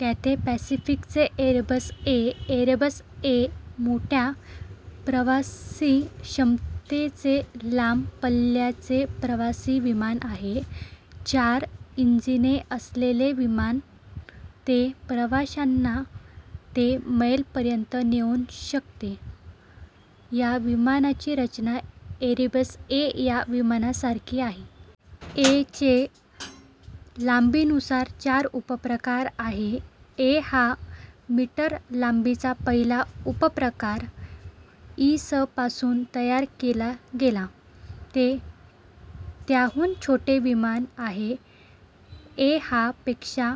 Cathay पॅसिफिकचे Airbus A- - Airbus A मोठ्या प्रवासीक्षमतेचे लांब पल्ल्याचे प्रवासी विमान आहे. चार इंजिने असलेले हे विमान ते प्रवाशांना ते मैल पर्यंत नेऊ शकते. या विमानाची रचना एरबस ए- या विमानासारखी आहे. ए चे लांबीनुसार चार उपप्रकार आहेत. ए - हा मीटर लांबीचा पहिला उपप्रकार इ. स. पासून तयार केला गेला. - हे त्याहून छोटे विमान आहे. ए - हा - पेक्षा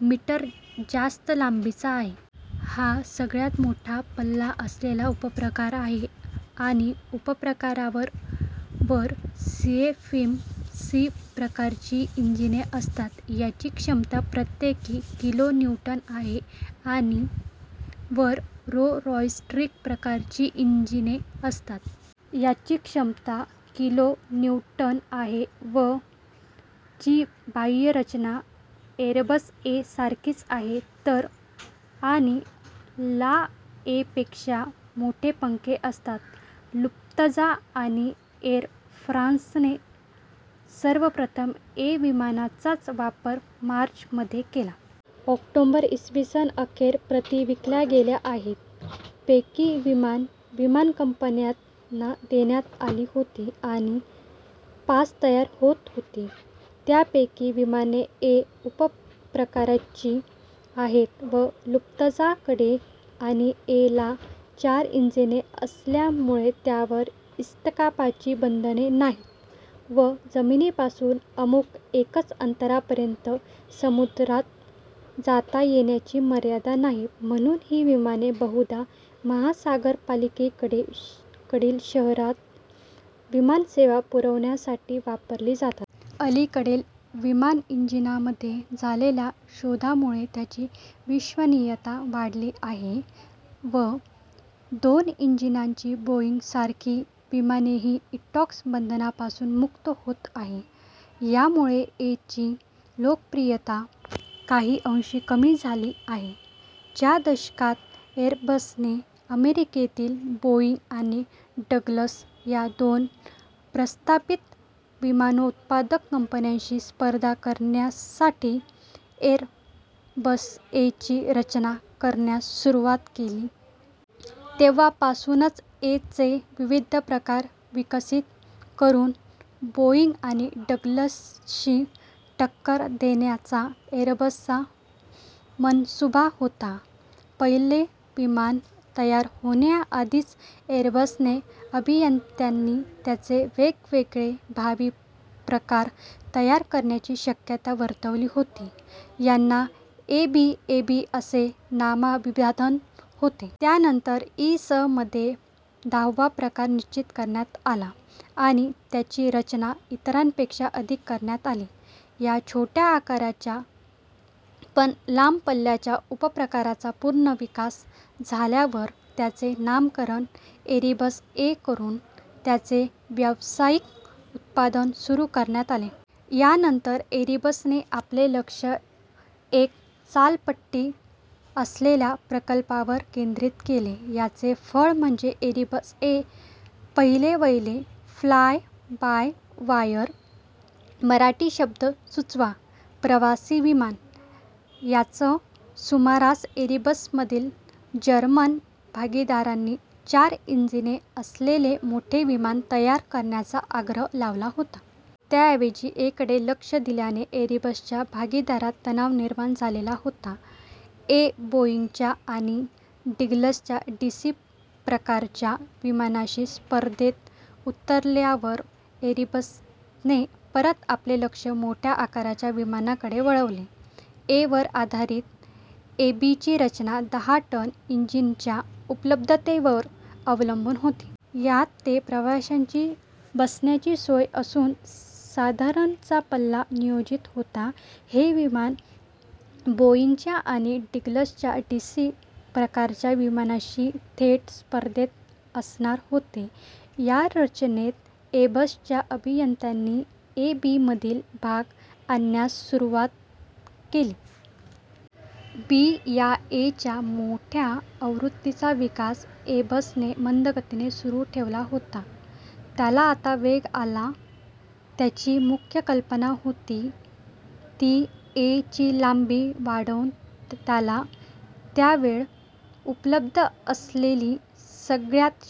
मीटर जास्त लांबीचा आहे. - हा सगळ्यात मोठा पल्ला असलेला उपप्रकार आहे. - आणि - उपप्रकारांवर वर सीएफएम - सी प्रकारची इंजिने असतात. यांची क्षमता प्रत्येकी किलोन्यूटन आहे. - आणि - वर रोल्स-रॉइस ट्रेंट प्रकारची इंजिने असतात. यांची क्षमता किलोन्यूटन आहे. - व - ची बाह्य रचना एरबस ए- सारखीच आहे तर - आणि - ला ए पेक्षा मोठे पंख असतात. लुफ्तांझा आणि एर फ्रान्सने सर्वप्रथम ए विमानांचा वापर मार्च मध्ये केला. ऑक्टोबर, इ. स. अखेर प्रती विकल्या गेल्या आहेत. पैकी विमाने विमानकंपन्यांना देण्यात आली होती आणि पाच तयार होत होती. यांपैकी विमाने ए - उपप्रकाराची आहेत व लुफ्तांझाकडेच आहेत. ए ला चार इंजिने असल्यामुळे त्यावर इटॉप्सची बंधने नाहीत व जमिनीपासून अमुक एकच अंतरापर्यंत समुद्रात जाता येण्याची मर्यादा नाही, म्हणून ही विमाने बहुधा महासागरांपलीकडील शहरांत विमानसेवा पुरवण्यासाठी वापरली जातात. अलीकडे विमानइंजिनामध्ये झालेल्या शोधांमुळे त्यांची विश्वसनीयता वाढली आहे व दोन इंजिनांची बोईंग सारखी विमानेही इटॉप्स बंधनांपासून मुक्त होत आहेत. यामुळे ए ची लोकप्रियता काही अंशी कमी झाली आहे. च्या दशकात एरबसने अमेरिकेतील बोईंग व डग्लस या दोन प्रस्थापित विमानोत्पादक कंपन्यांशी स्पर्धा करण्यासाठी एर बस ए- ची रचना करण्यास सुरुवात केली. तेव्हापासूनच ए चे विविध प्रकार विकसित करून बोइंग व डग्लसशी टक्कर देण्याचा एरबसचा मनसूबा होता. पहिले विमान तयार होण्याआधीच एरबस अभियंत्यांनी त्याचे वेगवेगळे भावी प्रकार तयार करण्याची शक्यता वर्तवली होती. यांना ए बी -ए बी असे नामाभिधान होते. त्यानंतर इ. स. मध्ये दहावा प्रकार निश्चित करण्यात आला आणि त्याची रचना इतरांपेक्षा आधी करण्यात आली. या छोट्या आकाराच्या पण लांब पल्ल्याच्या उपप्रकाराचा पूर्ण विकास झाल्यावर याचे नामकरण एरबस ए करून त्याचे व्यावसायिक उत्पादन सुरू करण्यात आले. यानंतरचे एरबसने आपले लक्ष एक चालपट्टी असलेल्या प्रकारांवर केंद्रित केले. याचे फळ म्हणजे, एरबस ए, पहिलेवहिले फ्लाय-बाय-वायर मराठी शब्द सुचवा प्रवासी विमान. याच सुमारास एरबसमधील जर्मन भागीदारांनी चार इंजिने असलेले मोठे विमान तयार करण्याचा आग्रह लावला होता. त्याऐवजी ए कडे लक्ष दिल्याने एरबसच्या भागीदारांत तणाव निर्माण झालेला होता. ए बोइंगच्या आणि डग्लसच्या डीसी- प्रकारच्या विमानांशी स्पर्धेत उतरल्यावर एरबसने परत आपले लक्ष मोठ्या आकाराच्या विमानांकडे वळवले. ए वर आधारित ए बी ची रचना दहा टनी इंजिनांच्या उपलब्धतेवर अवलंबून होती. यात ते प्रवाशांची बसण्याची सोय असून साधारण चा पल्ला नियोजित होता. हे विमान बोईंगच्या आणि डग्लसच्या डीसी- प्रकारच्या विमानांशी थेट स्पर्धेत असणार होते. या रचनेत एरबसच्या अभियंत्यांनी ए बी मधील भाग आणण्यास सुरुवात केली. बी या ए च्या मोठ्या आवृत्तीचा विकास एरबसने मंदगतीने सुरू ठेवला होता त्याला आता वेग आला. याची मुख्य कल्पना होती ती ए ची लांबी वाढवून त्याला त्यावेळ उपलब्ध असलेली सगळ्यात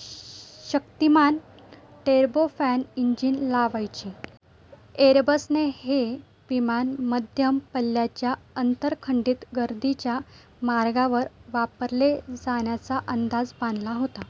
शक्तिमान टर्बोफॅन इंजिने लावण्याची. एरबसने हे विमान मध्यम पल्ल्याच्या आंतरखंडीय गर्दीच्या मार्गांवर वापरले जाण्याचा अंदाज बांधला होता.